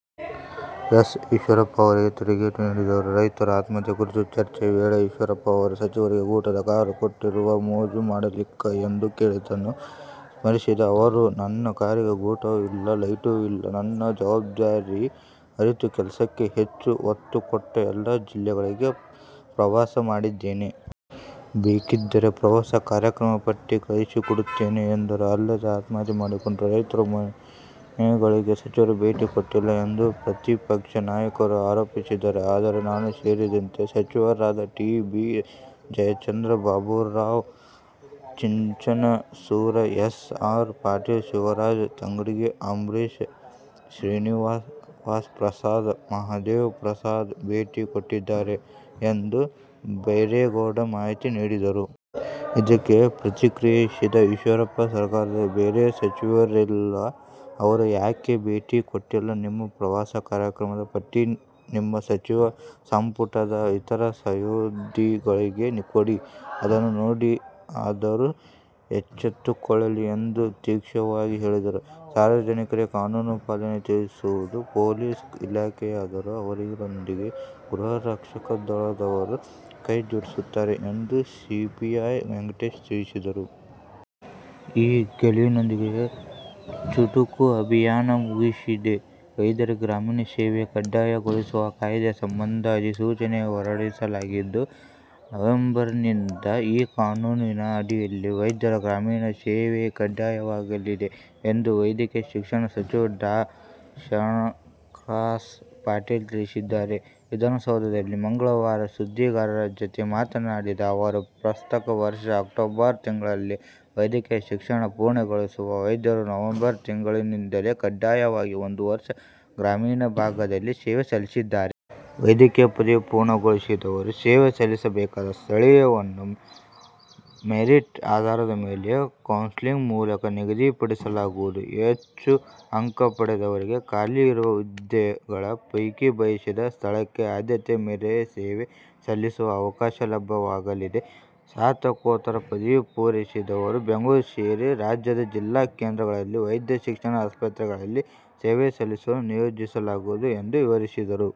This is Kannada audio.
ಎಸ್. ಈಶ್ವರಪ್ಪ ಅವರಿಗೆ ತಿರುಗೇಟು ನೀಡಿದರು. ರೈತರ ಆತ್ಮಹತ್ಯೆ ಕುರಿತ ಚರ್ಚೆ ವೇಳೆ ಈಶ್ವರಪ್ಪ ಅವರು "ಸಚಿವರಿಗೆ ಗೂಟದ ಕಾರು ಕೊಟ್ಟಿರುವುದು ಮೋಜು ಮಾಡಲಿಕ್ಕಾ' ಎಂದು ಕೇಳಿದ್ದನ್ನು ಸ್ಮರಿಸಿದ ಅವರು, ನನ್ನ ಕಾರಿಗೆ ಗೂಟವೂ ಇಲ್ಲ, ಲೈಟೂ ಇಲ್ಲ. ನನ್ನ ಜವಾಬ್ದಾರಿ ಅರಿತು ಕೆಲಸಕ್ಕೆ ಹೆಚ್ಚು ಒತ್ತು ಕೊಟ್ಟು ಎಲ್ಲ ಜಿಲ್ಲೆಗಳಿಗೆ ಪ್ರವಾಸ ಮಾಡಿದ್ದೇನೆ. ಬೇಕಿದ್ದರೆ ಪ್ರವಾಸ ಕಾರ್ಯಕ್ರಮದ ಪಟ್ಟಿ ಕಳಿಸಿಕೊಡುತ್ತೇನೆ ಎಂದರು. ಅಲ್ಲದೇ ಆತ್ಮಹತ್ಯೆ ಮಾಡಿಕೊಂಡ ರೈತರ ಮನೆಗಳಿಗೆ ಸಚಿವರು ಭೇಟಿ ಕೊಟ್ಟಿಲ್ಲ ಎಂದು ಪ್ರತಿಪಕ್ಷ ನಾಯಕರು ಆರೋಪಿಸಿದ್ದಾರೆ. ಆದರೆ, ನಾನೂ ಸೇರಿದಂತೆ ಸಚಿವರಾದ T. B. Jayachandra, Baburao Chinchansur, S. R. Patil, Shivaraj Tangadagi, Ambareesh, Srinivasprasad, Mahadevprasad ಭೇಟಿ ಕೊಟ್ಟಿದ್ದಾರೆ ಎಂದು ಬೈರೇಗೌಡ ಮಾಹಿತಿ ನೀಡಿದರು. ಇದಕ್ಕೆ ಪ್ರತಿಕ್ರಿಯಿಸಿದ ಈಶ್ವರಪ್ಪ, ಸರ್ಕಾರದಲ್ಲಿ ಬೇರೆ ಸಚಿವರಿಲ್ವಾ, ಅವರು ಯಾಕೆ ಭೇಟಿ ಕೊಟ್ಟಿಲ್ಲ. ನಿಮ್ಮ ಪ್ರವಾಸ ಕಾರ್ಯಕ್ರಮದ ಪಟ್ಟಿ ನಿಮ್ಮ ಸಚಿವ ಸಂಪುಟದ ಇತರ ಸಹೋದ್ಯೋಗಿಗಳಿಗೆ ಕೊಡಿ, ಅದನ್ನು ನೋಡಿಯಾದರೂ ಎಚ್ಚೆತ್ತುಕೊಳ್ಳಲಿ ಎಂದು ತೀಕ್ಷ್ಣವಾಗಿ ಹೇಳಿದರು. ಸಾರ್ವಜನಿಕರಿಗೆ ಕಾನೂನು ಪಾಲನೆ ತಿಳಿಸುವುದು ಪೊಲೀಸ್ ಇಲಾಖೆಯಾದರೂ ಅವರೊಂದಿಗೆ ಗೃಹ ರಕ್ಷಕ ದಳದವರು ಕೈಜೋಡಿಸುತ್ತಾರೆ ಎಂದು ಸಿಪಿಐ ವೆಂಕಟೇಶ್ ತಿಳಿಸಿದರು. ಈ ಗೆಲುವಿನೊಂದಿಗೆ ಚುಟುಕು ಅಭಿಯಾನ ಮುಗಿಸಿದೆ. ವೈದ್ಯರಿಗೆ ಗ್ರಾಮೀಣ ಸೇವೆ ಕಡ್ಡಾಯಗೊಳಿಸುವ ಕಾಯ್ದೆ ಸಂಬಂಧ ಅಧಿಸೂಚನೆ ಹೊರಡಿಸಲಾಗಿದ್ದು, ನವೆಂಬರ್ನಿಂದ ಈ ಕಾನೂನಿನ ಅಡಿಯಲ್ಲಿ ವೈದ್ಯರ ಗ್ರಾಮೀಣ ಸೇವೆ ಕಡ್ಡಾಯವಾಗಲಿದೆ ಎಂದು ವೈದ್ಯಕೀಯ ಶಿಕ್ಷಣ ಸಚಿವ ಡಾ. ಶರಣ್ಪ್ರಕಾಶ್ ಪಾಟೀಲ್ ತಿಳಿಸಿದ್ದಾರೆ. ವಿಧಾನಸೌಧದಲ್ಲಿ ಮಂಗಳವಾರ ಸುದ್ದಿಗಾರರ ಜತೆ ಮಾತನಾಡಿದ ಅವರು, ಪ್ರಸಕ್ತ ವರ್ಷ ಅಕ್ಟೋಬರ್ ತಿಂಗಳಲ್ಲಿ ವೈದ್ಯಕೀಯ ಶಿಕ್ಷಣ ಪೂರ್ಣಗೊಳಿಸುವ ವೈದ್ಯರು ನವೆಂಬರ್ ತಿಂಗಳಿನಿಂದಲೇ ಕಡ್ಡಾಯವಾಗಿ ಒಂದು ವರ್ಷ ಗ್ರಾಮೀಣ ಭಾಗದಲ್ಲಿ ಸೇವೆ ಸಲ್ಲಿಸಲ್ಲಿದ್ದಾರೆ. ವೈದ್ಯಕೀಯ ಪದವಿ ಪೂರ್ಣಗೊಳಿಸಿದವರು ಸೇವೆ ಸಲ್ಲಿಸಬೇಕಾದ ಸ್ಥಳವನ್ನು ಮೆರಿಟ್ ಆಧಾರದ ಮೇಲೆ, ಕೌನ್ಸೆಲಿಂಗ್ ಮೂಲಕ ನಿಗದಿಪಡಿಸಲಾಗುವುದು. ಹೆಚ್ಚು ಅಂಕ ಪಡೆದವರಿಗೆ ಖಾಲಿ ಇರುವ ಹುದ್ದೆಗಳ ಪೈಕಿ ಬಯಸಿದ ಸ್ಥಳಕ್ಕೆ ಆದ್ಯತೆ ಮೇರೆಗೆ ಸೇವೆ ಸಲ್ಲಿಸುವ ಅವಕಾಶ ಲಭ್ಯವಾಗಲಿದೆ. ಸ್ನಾತಕೋತ್ತರ ಪದವಿ ಪೂರೈಸಿದವರನ್ನು ಬೆಂಗಳೂರು ಸೇರಿ ರಾಜ್ಯದ ಜಿಲ್ಲಾ ಕೇಂದ್ರಗಳಲ್ಲಿನ ವೈದ್ಯ ಶಿಕ್ಷಣದ ಆಸ್ಪತ್ರೆಗಳಲ್ಲಿ ಸೇವೆ ಸಲ್ಲಿಸಲು ನಿಯೋಜಿಸಲಾಗುವುದು ಎಂದು ವಿವರಿಸಿದರು.